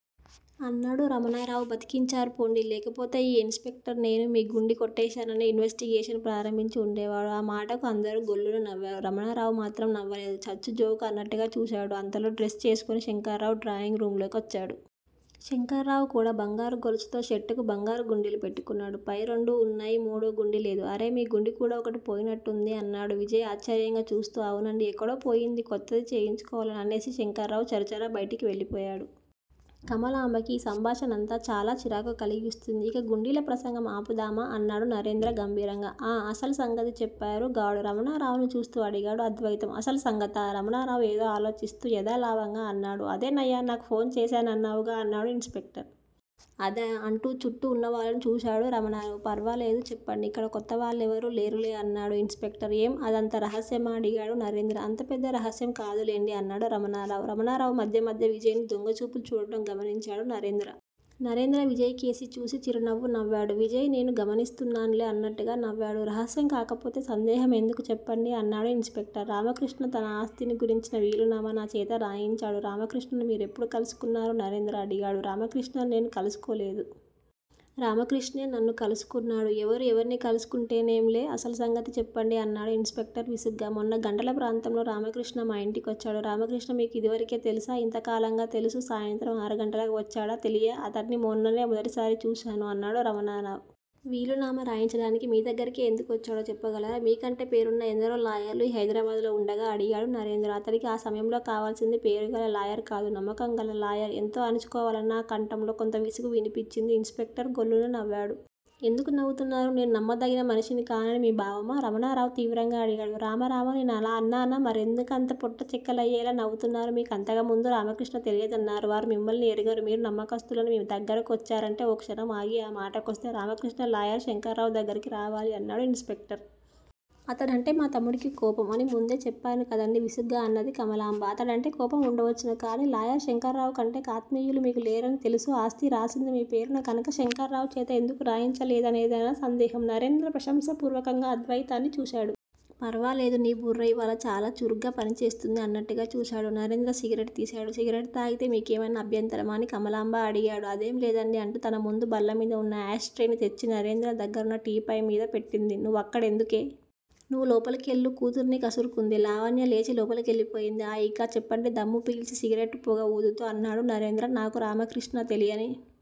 అన్నాడు రమణరావు. బతికించారు పోండి. లేకపోతే ఈ ఇన్ స్పెక్టర్ నేను మీ గుండీ కొట్టేశానని ఇన్వెస్టిగేషన్ ప్రారంభించి ఉండేవాడు. ఆ మాటకు అందరూ గొల్లున నవ్వారు. రమణరావు మాత్రం నవ్వలేదు. చచ్చుజోక్ అన్నట్టుగా చూశాడు. అంతలో డ్రెస్ చేసుకొని శంకర్రావు డ్రాయింగ్ రూంలోకి వచ్చాడు. శంకర్రావు కూడా బంగారు గొలుసుతో షర్టుకు బంగారుగుండీలు పెట్టుకున్నాడు. పై రెండూ ఉన్నాయి, మూడో గుండీ లేదు. అరే మీ గుండీ కూడా ఒకటి పోయినట్టుంది? అన్నాడు విజయ్ ఆశ్చర్యంగా చూస్తూ. అవునండీ. ఎక్కడో పోయింది. కొత్తది చేయించుకోవాలి అనేసి శంకర్ర్రావు చరచరా బయటికి వెళ్ళిపోయాడు. కమలాంబకి ఈ సంభాషణంతా చాలా చిరాకు కలిగిస్తోంది. ఇక గుండీల ప్రసంగం ఆపుదామా? అన్నాడు నరేంద్ర గంభీరంగా. ఆ! అసలు సంగతి చెప్పారు గాడు? రమణరావును చూస్తూ అడిగాడు అద్వయితం. అసలు సంగతా? రమణరావు ఏదోఆలోచిస్తూ యదాలావంగా అన్నాడు. అదేనయ్యా! నాకు ఫోన్ చేశానన్నావుగా? అన్నాడు ఇన్ స్పెక్టర్. అదా? అంటూ చుట్టూ ఉన్నవాళ్ళను చూశాడురమణరావు. ఫర్వాలేదు. చెప్పండి. ఇక్కడ కొత్తవాళ్ళెవరూలేరులే అన్నాడు ఇన్ స్పెక్టర్. ఏం? అది అంత రహస్యమా? అడిగాడు నరేంద్ర. అంత పెద్ద రహస్యం కాదులెండి అన్నాడు రమణరావు. రమణరావు మధ్య మధ్య విజయ్ ను దొంగచూపులు చూడటం గమనించాడు నరేంద్ర. నరేంద్ర విజయ్ కేసి చూసి చిరునవ్వు నవ్వాడు. విజయ్ నేనూ గమనిస్తున్నానులే అన్నట్టుగా నవ్వాడు, రహస్యం కాకపోతే సందేహం ఎందుకు చెప్పండి అన్నాడు ఇన్ స్పెక్టర్. రామకృష్ణ తన ఆస్తిని గురించిన వీలునామా నాచేత రాయించాడు. రామకృష్ణను మీరెప్పుడు కలుసుకున్నారు? నరేంద్ర అడిగాడు రామకృష్ణను నేను కలుసుకోలేదు. రామకృష్ణే నన్ను కలుసుకున్నాడు. ఎవరు ఎవర్ని కలుసుకుంటే నేంలే! అసలు సంగతి చెప్పండి అన్నాడు ఇన్ స్పెక్టర్ విసుగ్గా. మొన్న గంటల ప్రాంతంలో రామకృష్ణ మా ఇంటికి వచ్చాడు. రామకృష్ణ మీకు ఇదివరకే తెలుసా? ఇంతకాలంగా తెలుసు? సాయంత్రం ఆరు గంటలకు వచ్చాడా? తెలియ. అతడ్ని మొన్ననే మొదటిసారిగా చూశాను అన్నాడు రమణరావు. వీలునామా రాయించడానికి మీ దగ్గరికే ఎందుకొచ్చాడో చెప్పగలరా? మీకంటే పేరున్న ఎందరో లాయర్లు ఈ హైదరాబాదులో ఉండగా? అడిగాడు నరేంద్ర. అతడికి ఆ సమయంలో కావాల్సింది పేరుగల లాయర్ కాదు. నమ్మకం గల లాయరు ఎంత అణచుకోవాలన్న ఆ కంఠంలో కొంత విసుగు వినిపించింది. ఇన్ స్పెక్టర్ గొల్లున నవ్వాడు. ఎందుకు నవ్వుతున్నారు? నేను నమ్మతగిన మనిషిని కానని మీ భావమా? రమణారావు తీవ్రంగా అడిగాడు. రామ! రామ! నేను అలా అన్నానా? మరెందు కంతగా పొట్ట చెక్కలయ్యేలా నవ్వుతున్నారు? మీకు అంతకు ముందు రామకృష్ణ తెలియదన్నారు. వారు మిమ్మల్ని ఎరగరు. మీరు నమ్మకస్తులని మీ దగ్గరకు వచ్చారంటే ఓ క్షణం ఆగి ఆ మాటకొస్తే రామకృష్ణ లాయర్ శంకరరావు దగ్గరకు రావాలి అన్నాడు ఇన్ స్పెక్టర్. అతనంటే మాతమ్ముడికి కోపం అని ముందే చెప్పానుకదండీ? విసుగ్గా అన్నది కమలాంబ. అతడంటే కోపం ఉండవచ్చును. కాని లాయర్ శంకరరావ్ కంటే ఆత్మీయులు మీకు లేరనీ తెలుసు ఆస్తి రాసింది మీ పేరున కనక శంకర్రావుచేత ఎందుకు రాయించలేదనేదేనా సందేహం. నరేంద్ర ప్రశంసాపూర్వకంగా అద్వాయితాన్ని చూశాడు. పర్వాలేదు. నీ బుర్ర ఇవ్వాళ చాలాచురుగ్గా పనిచేస్తుంది అన్నట్టుగాచూశాడు. నరేంద్ర సిగరెట్ తీశాడు. సిగరెట్ తాగితే మీకేమైనా అభ్యంతరమా? అని కమలాంబ అడిగాడు. అదేం లేదండీ అంటూ తన ముందు బల్లమీద ఉన్న యాష్ ట్రేని తెచ్చి నరేంద్ర దగ్గరున్న టీపాయ్ మీద పెట్టింది. నువ్వక్కడెందుకే. నువ్వులోపలకెళ్ళు. కూతుర్ని కసురుకుంది. లావణ్య లేచి లోపలకు వెళ్ళిపోయింది. ఆ ఇక చెప్పండి దమ్ము పీల్చి సిగరెట్ పొగఊదుతూ అన్నాడు నరేంద్ర. నాకు రామకృష్ణ తెలియని